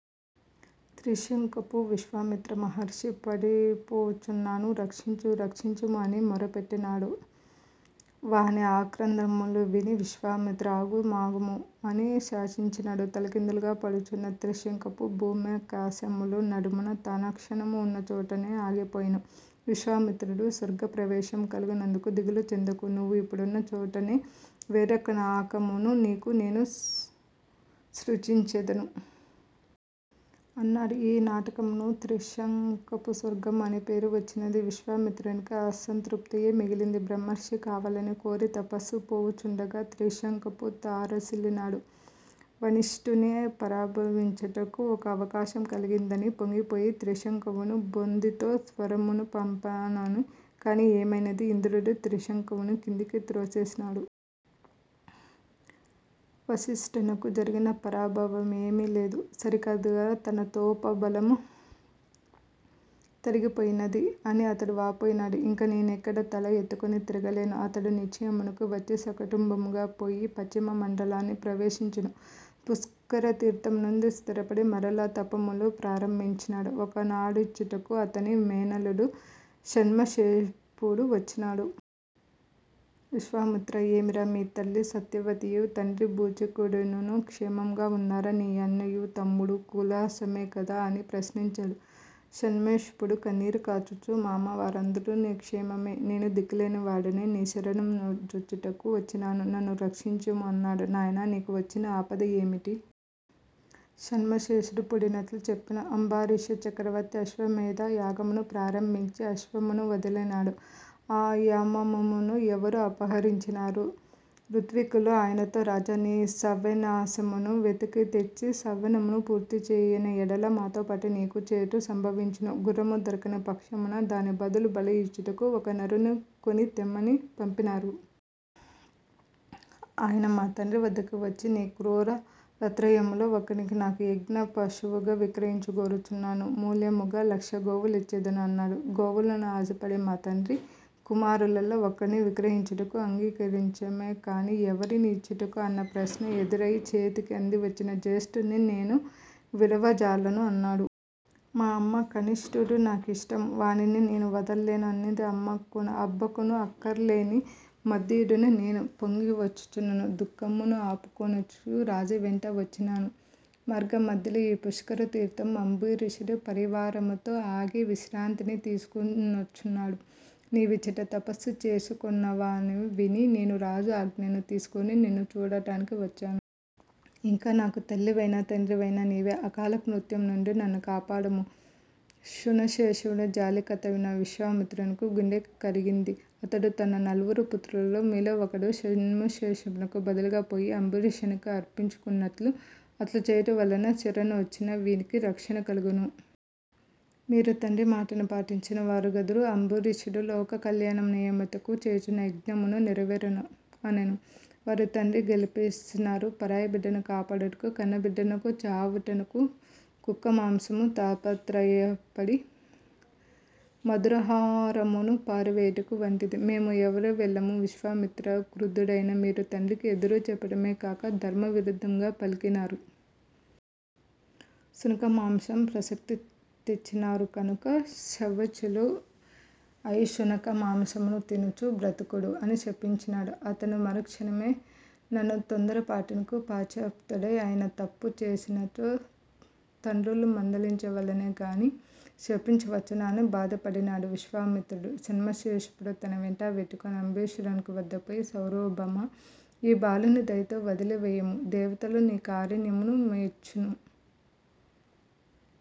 త్రిశంకువు విశ్వామిత్ర మహర్షీ పడిపోవుచున్నాను, రక్షించుము! రక్షించుము! అని మొఱపెట్టినాడు. వాని ఆక్రందనమును విని విశ్వామిత్రుడు ఆగు మాగుము! అని శాసించినాడు. తలకిందుగా పడుచున్న త్రిశంకువు భూమ్యాకాశముల నడుమ తానాక్షణమున ఉన్న చోటుననే ఆగిపోయెను. విశ్వామిత్రుడు స్వర్గప్రవేశము కలుగనందుకు దిగులు చెందకుము, నీవు ఇప్పుడున్న చోటుననే వేరొక నాకమును నీకు నేను సృజించెదను! అన్నాడు ఈ నాకము నకు 'త్రిశంకుస్వర్గము' అన్న పేరు వచ్చినది. విశ్వామిత్రునకు అసంతృప్తియే మిగిలినది. బ్రహ్మర్షిని కావలెనని కోరి తపస్సునకు పోవుచుండగా త్రిశంకువు తారసిల్లినాడు. వసిష్ఠుని పరాభవించుటకు ఒక అవకాశము కలిగినదని పొంగిపోయి త్రిశంకువును బొందితో స్వరమునకు పంపినాను. కాని ఏమైనది? ఇంద్రుడు త్రిశంకువును కిందికి త్రోసివేసినాడు! వసిష్ఠునకు జరిగిన పరాభవమేమి లేదు సరికదా నా తపోబలము తరిగిపోయినది! అని అతడు వాపోయినాడు. ఇంక నేనిక్కడ తల ఎత్తుకొని తిరుగలేను! అతడా నిశ్చయమునకు వచ్చి, సకుటుంబముగా పోయి పశ్చిమ మండలమును ప్రవేశించెను. పుష్కర తీర్ధమున స్థిరపడి మరల తపమును ప్రారంభించినాడు. ఒకనాడచ్చటకు అతని మేనల్లుడు శన్నశ్శేఫుడు వచ్చినాడు. విశ్వామిత్రుడు ఏమిరా, మీ తల్లి సత్యవతియూ తండ్రి బుచీకుడునూ క్షేమముగా ఉన్నారా? నీ అన్నయూ తమ్ముడునూ కుశలమే కదా? అని ప్రశ్నించినాడు. శునశ్శేఫుడు కన్నీరు కార్చుచూ, మామా, వారందరునూ క్షేమమే. నేనే దిక్కులేనివాడనై నీ శరణు జొచ్చుటకు వచ్చినాను. నన్ను రక్షించుము అన్నాడు. 'నాయనా నీకు వచ్చిన ఆపద యేమిటి? శనశేషుడుఫుడిట్లు చెప్పెను, అంబరీష చక్రవర్తి ఆశ్వమేధ యాగమును ప్రారంభించి అశ్వమును వదలినాడు. ఆ హయమును ఎవరో అపహరించినారు. ఋత్విక్కులు ఆయనతో 'రాజా నీ సవనాశ్వమును వెతకితెచ్చి సవనమును పూర్తిచేయని యెడల మాతోపాటు నీకునూ చేటు సంభవించును. గుఱ్ఱము దొరకని పక్షమున దానికి బదులు బలియిచ్చుటకు ఒక నరుని కొనితెమ్ము' అని పంపినారు. ఆయన మా తండ్రి వద్దకు వచ్చి 'నీ కుమారత్రయములో ఒకనిని నాకు యజ్ఞ పశువుగా విక్రయించ గోరుచున్నాను. మూల్యముగా లక్ష గోవులను ఇచ్చెదను' అన్నాడు. గోవులకు ఆశపడి మా తండ్రి కుమారులలో ఒకనిని విక్రయించుటకు అంగీకరించెను కాని 'ఎవనిని ఇచ్చుట? అన్న ప్రశ్న ఎదురై చేతికి అందివచ్చిన జ్యేష్ఠుని నేను విడువజాలను' అన్నాడు. మా అమ్మ 'కనిష్ఠుడన్న నాకిష్టము. వానిని నేను వదలలేను' అన్నది అమ్మకునూ అబ్బకునూ అక్కరలేని మధ్యముడను నేను పొంగివచ్చుచున్న దుఃఖమును ఆపుకొనుచూ రాజు వెంట వచ్చినాను. మార్గమందలి ఈ పుష్కర తీర్ధమున అంబరీషుడు పరివారముతో ఆగి విశ్రాంతిని తీసికొనుచున్నాడు. నీవిచ్చట తపస్సును చేసికొనుచున్నావని విని నేను రాజు అనుజ్ఞను తీసికొని నిన్ను చూడవచ్చినాను. ఇంక నాకు తల్లివైననూ తండ్రివైననూ నీవే. అకాల మృత్యువు నుండి నన్ను కాపాడుము. శునశ్శేఫుని జాలి కథ విశ్వామిత్రుని గుండెను కరిగించినది. అతడు తన నల్వురు పుత్రులతో మీలో ఒకడు ఈ శునశ్శేఫునకు బదులుగా పోయి అంబరీషునకు అర్పించుకొనుడు. అట్లు చేయుట వలన శరణుజొచ్చిన వీనికి రక్షణ కలుగును. మీరు తండ్రి మాటను పాటించిన వారగుదురు. అంబరీషుడు లోకకల్యాణము నిమిత్తము చేయుచున్న యజ్ఞమునూ నెరవేరును అనెను. వారు తండ్రిని గేలిచేసినారు 'పరాయి బిడ్డను కాపాడుటకు కన్నబిడ్డ నొకనిని చావుమనుట కుక్క మాంసమునకు తాపత్రయపడి మధురాహారమును పారవేయుట వంటిది! మేము ఎవరమూ వెళ్ళము! విశ్వామిత్రుడు క్రుద్ధుడైనాడు. మీరు తండ్రికి ఎదురు చెప్పుటయే కాక ధర్మ విరుద్ధముగా పలికినారు! శునక మాంస ప్రసక్తిని తెచ్చినారు కనుక శ్వవచులు ఐ శునక మాంసమును తినుచూ బ్రతుకుడు! అని శపించినాడు అతడు మరుక్షణము ననె తన తొందరపాటునకు పశ్చాత్తప్తుడైనాడు. తనయులు తప్పు చేసినచో తండ్రులు మందలించవలెను గాని శపించవచ్చునా? అని బాధపడినాడు. విశ్వామిత్రుడు శునశ్శేఫుని తనవెంట బెట్టుకొని అంబరీషుని వద్దకు పోయి సార్వభౌమా, ఈ బాలుని దయతో వదలివేయుము. దేవతలు నీ కారుణ్యమును మెచ్చి